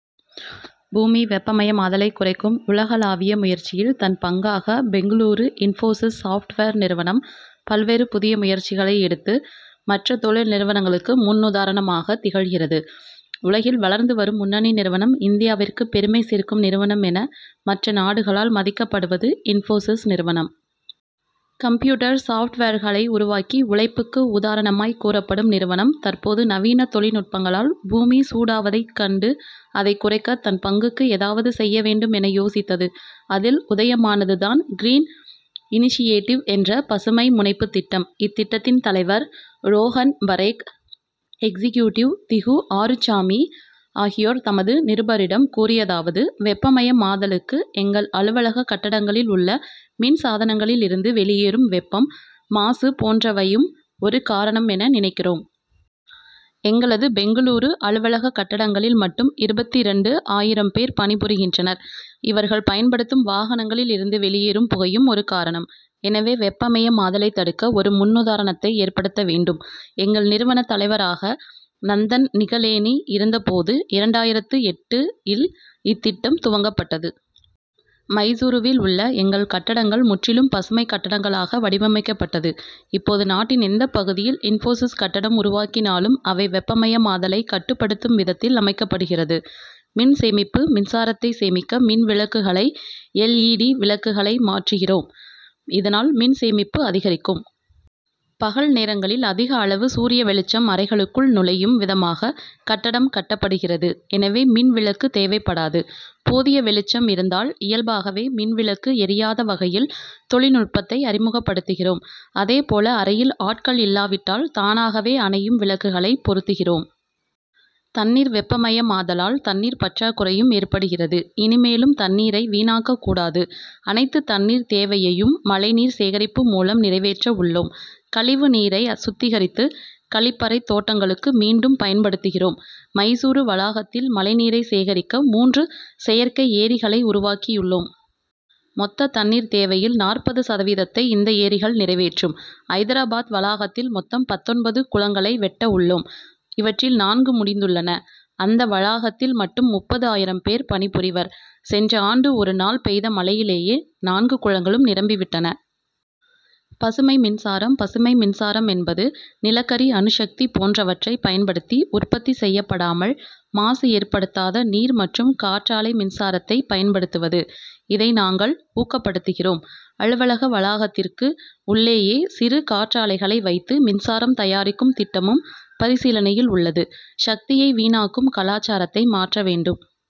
பூமி வெப்பமயமாதலை குறைக்கும் உலகளாவிய முயற்சியில் தன் பங்காக பெங்களூரு இன்போசிஸ் சாப்ட்வேர் நிறுவனம் பல்வேறு புதிய முயற்சிகளை எடுத்து. மற்ற தொழில் நிறுவனங்களுக்கு முன்னுதாரணமாக திகழ்கிறது. உலகில் வளர்ந்து வரும் முன்னணி நிறுவனம் இந்தியாவிற்கு பெருமை சேர்க்கும் நிறுவனம் என மற்ற நாடுகளால் மதிக்கப்படுவது இன்போசிஸ் நிறுவனம். கம்ப்யூட்டர் சாப்ட்வேர்களை உருவாக்கி உழைப்புக்கு உதாரணமாய் கூறப்படும் நிறுவனம் தற்போது நவீன தொழில்நுட்பங்களால் பூமி சூடாவதைக் கண்டு அதைக் குறைக்க தன் பங்குக்கு ஏதாவது செய்ய வேண்டும் என யோசித்தது. அதில் உதயமானது தான் கிரீன் இனிஷியேட்டிவ் என்ற பசுமை முனைப்பு திட்டம். இத்திட்டத்தின் தலைவர் ரோஹன் பரேக் எக்ஸ்கியூட்டிவ் திகு ஆறுச்சாமி ஆகியோர் நமது நிருபரிடம் கூறியதாவது வெப்பமயமாதலுக்கு எங்கள் அலுவலக கட்டடங்களில் உள்ள மின் சாதனங்களில் இருந்து வெளியேறும் வெப்பம் மாசு போன்றவையும் ஒரு காரணம் என நினைக்கிறோம். எங்களது பெங்களூரு அலுவலக கட்டடங்களில் மட்டும் இருபத்திரண்டு ஆயிரம் பேர் பணிபுரிகின்றனர். இவர்கள் பயன்படுத்தும் வாகனங்களில் இருந்து வெளியேறும் புகையும் ஒரு காரணம். எனவே வெப்பமயமாதலை தடுக்க ஒரு முன்னுதாரணத்தை ஏற்படுத்த வேண்டும். எங்கள் நிறுவன தலைவராக நந்தன் நிகலேனி இருந்தபோது இரண்டாயிரத்து எட்டு இல் இத்திட்டம் துவக்கப் பட்டது. மைசூருவில் உள்ள எங்கள் கட்டடங்கள் முற்றிலும் பசுமை கட்டடங்களாக வடிவமைக்கப் பட்டது. இப்போது நாட்டின் எந்த பகுதியில் இன்போசிஸ் கட்டடம் உருவாக்கினாலும் அவை வெப்பமயமாதலை கட்டுப்படுத்தும் விதத்தில் அமைக்கப்படுகிறது. மின் சேமிப்பு: மின்சாரத்தை சேமிக்க மின் விளக்குகளை எல். இ. டி. விளக்குகளை மாற்றுகிறோம். இதனால் மின் சேமிப்பு அதிகரிக்கும். பகல் நேரங்களில் அதிக அளவு சூரிய வெளிச்சம் அறைகளுக்குள் நுழையும் விதமாக கட்டடம் கட்டப்படுகிறது எனவே மின் விளக்கு தேவைப்படாது. போதிய வெளிச்சம் இருந்தால் இயல்பாகவே மின்விளக்கு எரியாத வகையில் தொழில்நுட்பத்தை அறிமுகப்படுத்துகிறோம். அதே போல அறையில் ஆட்கள் இல்லாவிட்டால் தானாகவே அணையும் விளக்குகளை பொருத்துகிறோம். தண்ணீர் வெப்பமயமாதலால் தண்ணீர் பற்றாகுறையும் ஏற்படுகிறது. இனிமேலும் தண்ணீரை வீணாக்க கூடாது. அனைத்து தண்ணீர் தேவையையும் மழை நீர் சேகரிப்பு மூலம் நிறைவேற்ற உள்ளோம். கழிவு நீரை சுத்திகரித்து, கழிப்பறை தோட்டங்களுக்கு மீண்டும் பயன்படுத்துகிறோம். மைசூரு வளாகத்தில் மழை நீரை சேகரிக்க மூன்று செயற்கை ஏரிகளை உருவாக்கி உள்ளோம். மொத்த தண்ணீர் தேவையில் நாற்பது சதவீதத்தை இந்த ஏரிகள் நிறைவேற்றும். ஐதராபாத் வளாகத்தில் மொத்தம் பத்தொன்பது குளங்களை வெட்ட உள்ளோம். இவற்றில் நான்கு முடிந்துள்ளன. அந்த வளாகத்தில் மட்டும் முப்பது ஆயிரம் பேர் பணிபுரிவர். சென்ற ஆண்டு ஒரு நாள் பெய்த மழையிலேயே நான்கு குளங்களும் நிரம்பி விட்டன. பசுமை மின்சாரம் பசுமை மின்சாரம் என்பது, நிலக்கரி அணுசக்தி போன்றவற்றை பயன்படுத்தி உற்பத்தி செய்யப்படாமல் மாசு ஏற்படுத்தாத நீர் மற்றும் காற்றாலை மின்சாரத்தை பயன்படுத்துவது. இதை நாங்கள் ஊக்கப்படுத்துகிறோம். அலுவலக வளாகத்திற்கு உள்ளேயே சிறு காற்றாலைகளை வைத்து மின்சாரம் தயாரிக்கும் திட்டமும் பரிசீலனையில் உள்ளது. சக்தியை வீணாக்கும் கலாசாரத்தை மாற்ற வேண்டும்.